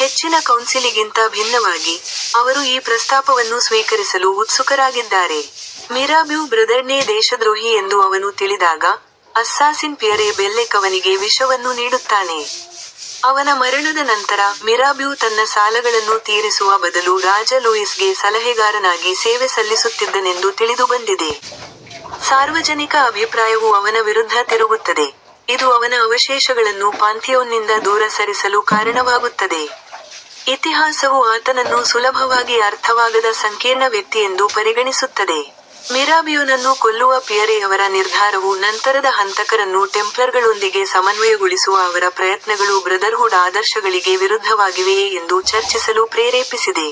ಹೆಚ್ಚಿನ ಕೌನ್ಸಿಲ್ಗಿಂತ ಭಿನ್ನವಾಗಿ, ಅವರು ಈ ಪ್ರಸ್ತಾಪವನ್ನು ಸ್ವೀಕರಿಸಲು ಉತ್ಸುಕರಾಗಿದ್ದಾರೆ. ಮಿರಾಬ್ಯೂ ಬ್ರದರ್ಹುಡ್ಗೆ ದೇಶದ್ರೋಹಿ ಎಂದು ಅವನು ತಿಳಿದಾಗ, ಅಸ್ಸಾಸಿನ್ ಪಿಯರೆ ಬೆಲ್ಲೆಕ್ ಅವನಿಗೆ ವಿಷವನ್ನು ನೀಡುತ್ತಾನೆ. ಅವನ ಮರಣದ ನಂತರ, ಮಿರಾಬ್ಯೂ ತನ್ನ ಸಾಲಗಳನ್ನು ತೀರಿಸುವ ಬದಲು ರಾಜ ಲೂಯಿಸ್ ಗೆ ಸಲಹೆಗಾರನಾಗಿ ಸೇವೆ ಸಲ್ಲಿಸುತ್ತಿದ್ದನೆಂದು ತಿಳಿದುಬಂದಿದೆ. ಸಾರ್ವಜನಿಕ ಅಭಿಪ್ರಾಯವು ಅವನ ವಿರುದ್ಧ ತಿರುಗುತ್ತದೆ, ಇದು ಅವನ ಅವಶೇಷಗಳನ್ನು ಪಾಂಥಿಯೋನ್ನಿಂದ ದೂರ ಸರಿಸಲು ಕಾರಣವಾಗುತ್ತದೆ. ಇತಿಹಾಸವು ಆತನನ್ನು ಸುಲಭವಾಗಿ ಅರ್ಥವಾಗದ ಸಂಕೀರ್ಣ ವ್ಯಕ್ತಿಯೆಂದು ಪರಿಗಣಿಸುತ್ತದೆ. ಮಿರಾಬಿಯೊನನ್ನು ಕೊಲ್ಲುವ ಪಿಯರೆ ಅವರ ನಿರ್ಧಾರವು ನಂತರದ ಹಂತಕರನ್ನು ಟೆಂಪ್ಲರ್ಗಳೊಂದಿಗೆ ಸಮನ್ವಯಗೊಳಿಸುವ ಅವರ ಪ್ರಯತ್ನಗಳು ಬ್ರದರ್ಹುಡ್ನ ಆದರ್ಶಗಳಿಗೆ ವಿರುದ್ಧವಾಗಿವೆಯೇ ಎಂದು ಚರ್ಚಿಸಲು ಪ್ರೇರೇಪಿಸಿದೆ.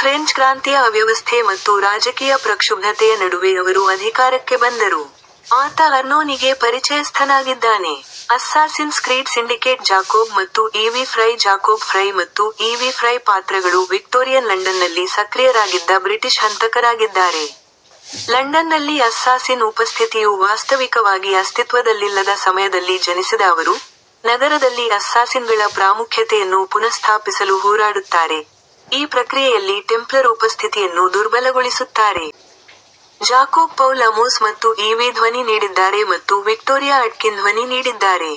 ಫ್ರೆಂಚ್ ಕ್ರಾಂತಿಯ ಅವ್ಯವಸ್ಥೆ ಮತ್ತು ರಾಜಕೀಯ ಪ್ರಕ್ಷುಬ್ಧತೆಯ ನಡುವೆ ಅವರು ಅಧಿಕಾರಕ್ಕೆ ಬಂದರು. ಆತ ಅರ್ನೋನಿಗೆ ಪರಿಚಯಸ್ಥನಾಗಿದ್ದಾನೆ. ಅಸ್ಸಾಸಿನ್ಸ್ ಕ್ರೀಡ್ ಸಿಂಡಿಕೇಟ್ ಜಾಕೋಬ್ ಮತ್ತು ಈವಿ ಫ್ರೈ ಜಾಕೋಬ್ ಫ್ರೈ ಮತ್ತು ಈವಿ ಫ್ರೈ ಪಾತ್ರಗಳು ವಿಕ್ಟೋರಿಯನ್ ಲಂಡನ್ನಲ್ಲಿ ಸಕ್ರಿಯರಾಗಿದ್ದ ಬ್ರಿಟಿಷ್ ಹಂತಕರಾಗಿದ್ದಾರೆ. ಲಂಡನ್ನಲ್ಲಿ ಅಸ್ಸಾಸಿನ್ ಉಪಸ್ಥಿತಿಯು ವಾಸ್ತವಿಕವಾಗಿ ಅಸ್ತಿತ್ವದಲ್ಲಿಲ್ಲದ ಸಮಯದಲ್ಲಿ ಜನಿಸಿದ ಅವರು, ನಗರದಲ್ಲಿ ಅಸ್ಸಾಸಿನ್ಗಳ ಪ್ರಾಮುಖ್ಯತೆಯನ್ನು ಪುನಃಸ್ಥಾಪಿಸಲು ಹೋರಾಡುತ್ತಾರೆ, ಈ ಪ್ರಕ್ರಿಯೆಯಲ್ಲಿ ಟೆಂಪ್ಲರ್ ಉಪಸ್ಥಿತಿಯನ್ನು ದುರ್ಬಲಗೊಳಿಸುತ್ತಾರೆ. ಜಾಕೋಬ್ಗೆ ಪಾಲ್ ಅಮೋಸ್ ಮತ್ತು ಈವಿ ಧ್ವನಿ ನೀಡಿದ್ದಾರೆ ಮತ್ತು ವಿಕ್ಟೋರಿಯಾ ಅಟ್ಕಿನ್ ಧ್ವನಿ ನೀಡಿದ್ದಾರೆ.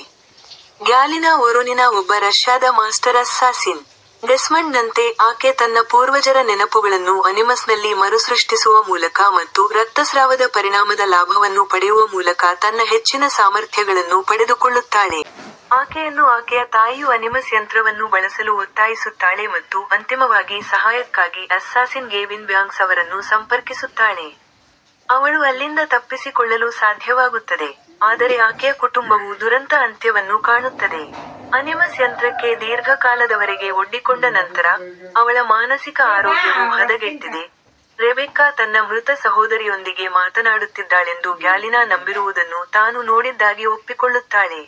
ಗ್ಯಾಲಿನಾ ವೊರೊನಿನಾ ಒಬ್ಬ ರಷ್ಯಾದ ಮಾಸ್ಟರ್ ಅಸ್ಸಾಸಿನ್. ಡೆಸ್ಮಂಡ್ನಂತೆ, ಆಕೆ ತನ್ನ ಪೂರ್ವಜರ ನೆನಪುಗಳನ್ನು ಅನಿಮಸ್ನಲ್ಲಿ ಮರುಸೃಷ್ಟಿಸುವ ಮೂಲಕ ಮತ್ತು ರಕ್ತಸ್ರಾವದ ಪರಿಣಾಮದ ಲಾಭವನ್ನು ಪಡೆಯುವ ಮೂಲಕ ತನ್ನ ಹೆಚ್ಚಿನ ಸಾಮರ್ಥ್ಯಗಳನ್ನು ಪಡೆದುಕೊಳ್ಳುತ್ತಾಳೆ. ಆಕೆಯನ್ನು ಆಕೆಯ ತಾಯಿಯು ಆನಿಮಸ್ಗೆ ಒತ್ತಾಯಿಸುತ್ತಾಳೆ ಮತ್ತು ಅಂತಿಮವಾಗಿ ಸಹಾಯಕ್ಕಾಗಿ ಅಸ್ಸಾಸಿನ್ ಗೇವಿನ್ ಬ್ಯಾಂಕ್ಸ್ ಅನ್ನು ಸಂಪರ್ಕಿಸುತ್ತಾಳೆ. ಅವಳು ತಪ್ಪಿಸಿಕೊಳ್ಳಲು ಸಾಧ್ಯವಾಗುತ್ತದೆ, ಆದರೆ ಅವಳ ಸಹೋದರಿ ಸಾಯುತ್ತಾಳೆ ಮತ್ತು ಅವಳ ತಾಯಿ ಆತ್ಮಹತ್ಯೆ ಮಾಡಿಕೊಳ್ಳುತ್ತಾಳೆ. ಅನಿಮಸ್ಗೆ ದೀರ್ಘಕಾಲದವರೆಗೆ ಒಡ್ಡಿಕೊಂಡ ನಂತರ, ಅವಳ ಮಾನಸಿಕ ಆರೋಗ್ಯವು ಹದಗೆಟ್ಟಿದೆ; ರೆಬೆಕ್ಕಾ ತನ್ನ ಮೃತ ಸಹೋದರಿಯೊಂದಿಗೆ ಮಾತನಾಡುತ್ತಿದ್ದಾಳೆಂದು ಗ್ಯಾಲಿನಾ ನಂಬಿರುವುದನ್ನು ತಾನು ನೋಡಿದ್ದಾಗಿ ಒಪ್ಪಿಕೊಳ್ಳುತ್ತಾಳೆ.